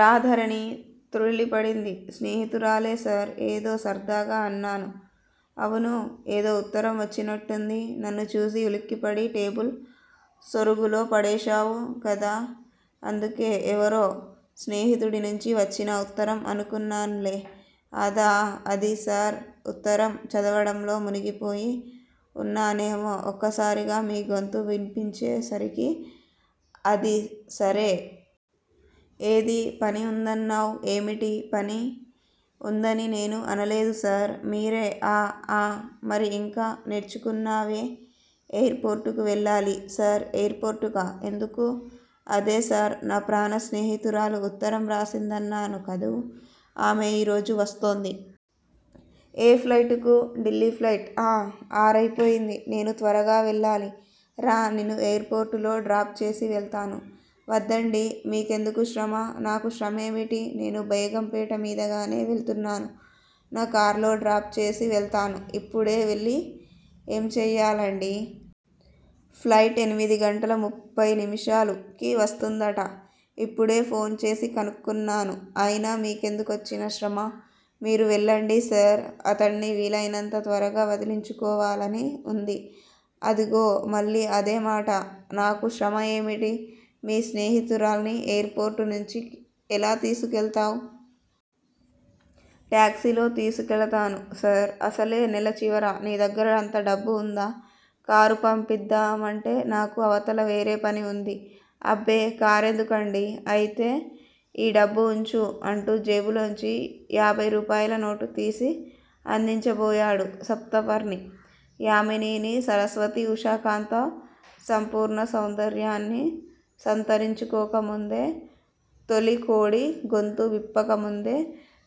రాధారాణి తృళ్ళి పడింది. స్నేహితురాలే సార్! ఏదో సర్దాగా అన్నాను. అవునూ? ఏదోఉత్తరం వచ్చినట్టుంది? నన్ను చూసి ఉలిక్కిపడి టేబుల్ సొరుగులో పడేశావు గదా? అందుకే ఏవరో స్నేహితుడి నుంచి వచ్చిన ఉత్తరం అనుకున్నాలే! అదా! అది సార్ ఉత్తరం చదవడంలో మునిగిపోయి వున్నా నేమో- ఒక్కసారిగా మీ గొంతు విన్పించే సరికి అది సరే! ఏది పని ఉందన్నావ్? ఏమిటి? పని ఉందని నేను అనలేదు సార్! మీరే ఆ ఆ! మరి ఇంకా కూర్చున్నావే? ఎయిర్ పోర్టుకు వెళ్ళాలి సార్ ఎయిర్ పోర్టుకా? ఎందుకూ? అదే సార్! నా ప్రాణ స్నేహితురాలు ఉత్తరం రాసిందదన్నాను కదూ? ఆమె ఈ రోజు వస్తోంది. ఏ ప్లైటుకూ? ఢిల్లీ ప్లైట్! ఆ! ఆరయిపోయింది! నేను త్వరగా వెళ్ళాలి. రా! నిన్ను ఎయిర్ పోర్టులో డ్రాప్ చేసి వెళ్తాను. వద్దండీ! మీ కెందుకు శ్రమ? నాకు శ్రమేమిటి నేను బేగం పేట మీదగానే వెళ్తున్నాను. నా కార్లో డ్రాప్ చేసి వెళ్తాను. ఇప్పుడే వెళ్ళీ ఏం చెయ్యాలండీ? ప్లైట్ ఎనిమిది గంటల ముప్పై నిముషాలు కి వస్తుందట. ఇప్పుడే ఫోన్ చేసి కనుక్కొన్నాను. అయినా మీకెందుకొచ్చిన శ్రమా! మీరు వెళ్లండి సార్ అతడ్ని వీలయినంత త్వరగా వదిలించుకోవాలని ఉంది. అదుగో! మళ్ళీ అదేమాటా? నాకు శ్రమ ఏమిటి? మీ స్నేహితురాల్ని ఎయిర్ పోర్టునుంచి ఎలా తీసుకెళ్తవ్? టాక్సీలో తీసుకెడతాను సార్! అసలే నెల చివరా. నీ దగ్గర అంతడబ్బు ఉందా? కారు పంపిద్దామంటే నాకు అవతల వేరే పని ఉంది. అబ్బే! కారెందుకండీ! అయితే ఈ డబ్బు ఉంచు అంటూ జేబులోంచి ఏభయ్ రూపాయల నోటు తీసి అందించబోయాడు. సప్తపర్ణి యామినీ సరస్వతి ఉషాకాంత సంపూర్ణ సౌందర్యాన్ని సంతరించుకోకముందే తొలికోడి గొంతు విప్పకముందే,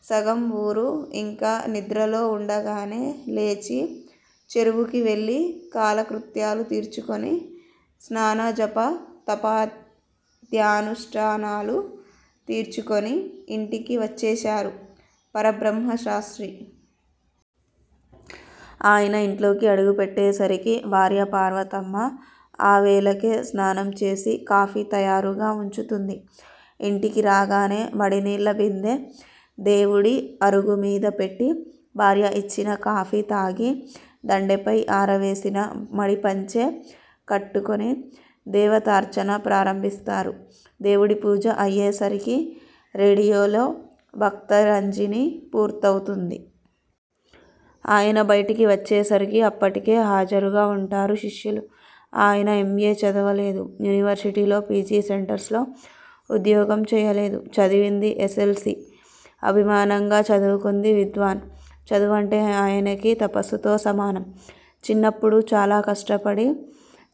సగం వూరు యింకా నిద్రలో వుండగానే లేచి చెరువుకి వెళ్ళి కాలకృత్యాలు తీర్చుకుని, స్నానజప తపాధ్యనుష్టానాలు తీర్చుకుని యింటికి వచ్చేస్తారు పరబ్రహ్మశాస్త్రి. ఆయన యింట్లోకి అడుగుపెట్టేసరికి భార్య పార్వతమ్మ ఆ వేళకే స్నానం చేసి కాఫీ తయారుగా వుంచుతుంది. ఇంటికి రాగానే మడినీళ్ళ బిందె దేవుడి అరుగుమీద పెట్టి భార్య యిచ్చిన కాఫీ త్రాగి దండెంపై ఆరవేసిన మడి పంచె కట్టుకుని దేవతార్చన ప్రారంభిస్తారు. దేవుడి పూజ అయ్యేసరికి రేడియోలో భక్తిరంజని పూర్తవుతుంది. ఆయన బయటికి వచ్చేసరికి అప్పటికే హాజరుగా వుంటారు శిష్యులు. ఆయన ఎమ్. ఎ. చదవలేదు. యూనివర్శిటీలో పి. జి. సెంటర్స్ లో ఉద్యోగం చేయలేదు. చదివింది ఎసెసెల్సీ, అభిమానంగా చదువుకుంది విద్వాన్. చదువంటే ఆయనకి తపస్సుతో సమానం. చిన్నప్పుడు చాలా కష్టపడి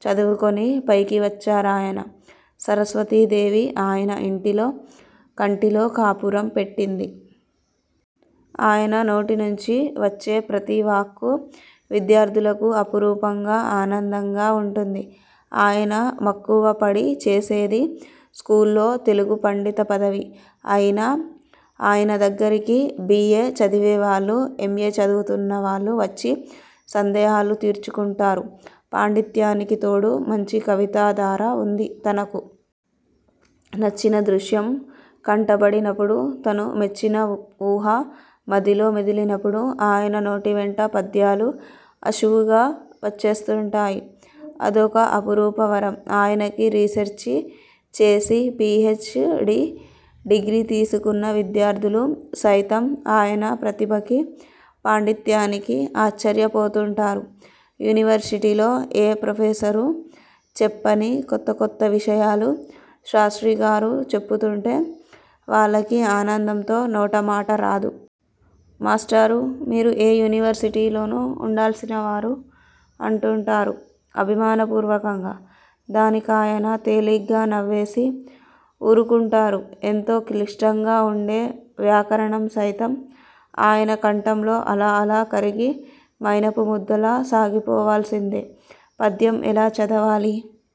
చదువుకుని పైకివచ్చారాయన. సరస్వతీదేవి ఆయన ఇంటిలో కంటిలో కాపురం పెట్టింది. ఆయన నోటి నుంచి వచ్చే ప్రతివాక్కు విద్యార్ధులకు అపురూపంగా ఆనందంగా వుంటుంది. ఆయన మక్కువపడి చేసేది స్కూల్లో తెలుగు పండిత పదవి. అయినా ఆయనదగ్గరకి బి. ఏ. చదివేవాళ్ళు ఎమ్. ఎ చదువుతున్నవాళ్లూ వచ్చి సందేహాలు తీర్చుకుంటారు. పాండిత్యానికి తోడు మంచి కవితాధార వుంది తనకు. నచ్చిన దృశ్యం కంటబడినపుడు తను మెచ్చిన వూహ మదిలో మెదిలినపుడు ఆయన నోటివెంట పద్యాలు ఆశువుగా వచ్చేస్తుంటాయి. అదొక అపురూప వరం ఆయనకి. రీసెర్చి చేసి పి హెచ్. డి డిగ్రీ తీసుకున్న విద్యార్ధులు సైతం ఆయన ప్రతిభకి పాండిత్యానికీ ఆశ్చర్యపోతుంటారు. యూనివర్శిటీలో ఏ ప్రొఫెసరూ చెప్పని కొత్త కొత్త విషయాలు శాస్త్రిగారు చెపుతుంటే వాళ్ళకి ఆనందంతో నోట మాటరాదు. మాస్టారూ! మీరు ఏ యూనివర్శిటీలోనో ఉండాల్సినవారు అంటూంటారు అభిమాన పూర్వకంగా. దానికాయన తేలిగ్గా నవ్వేసి వూరుకుంటారు. ఎంతో క్లిష్టంగా వుండే వ్యాకరణం సైతం ఆయన కంఠంలో అలా అలా కరిగి మైనపు ముద్దలా సాగిపోవాల్సిందే పద్యం ఎలా చదవాలి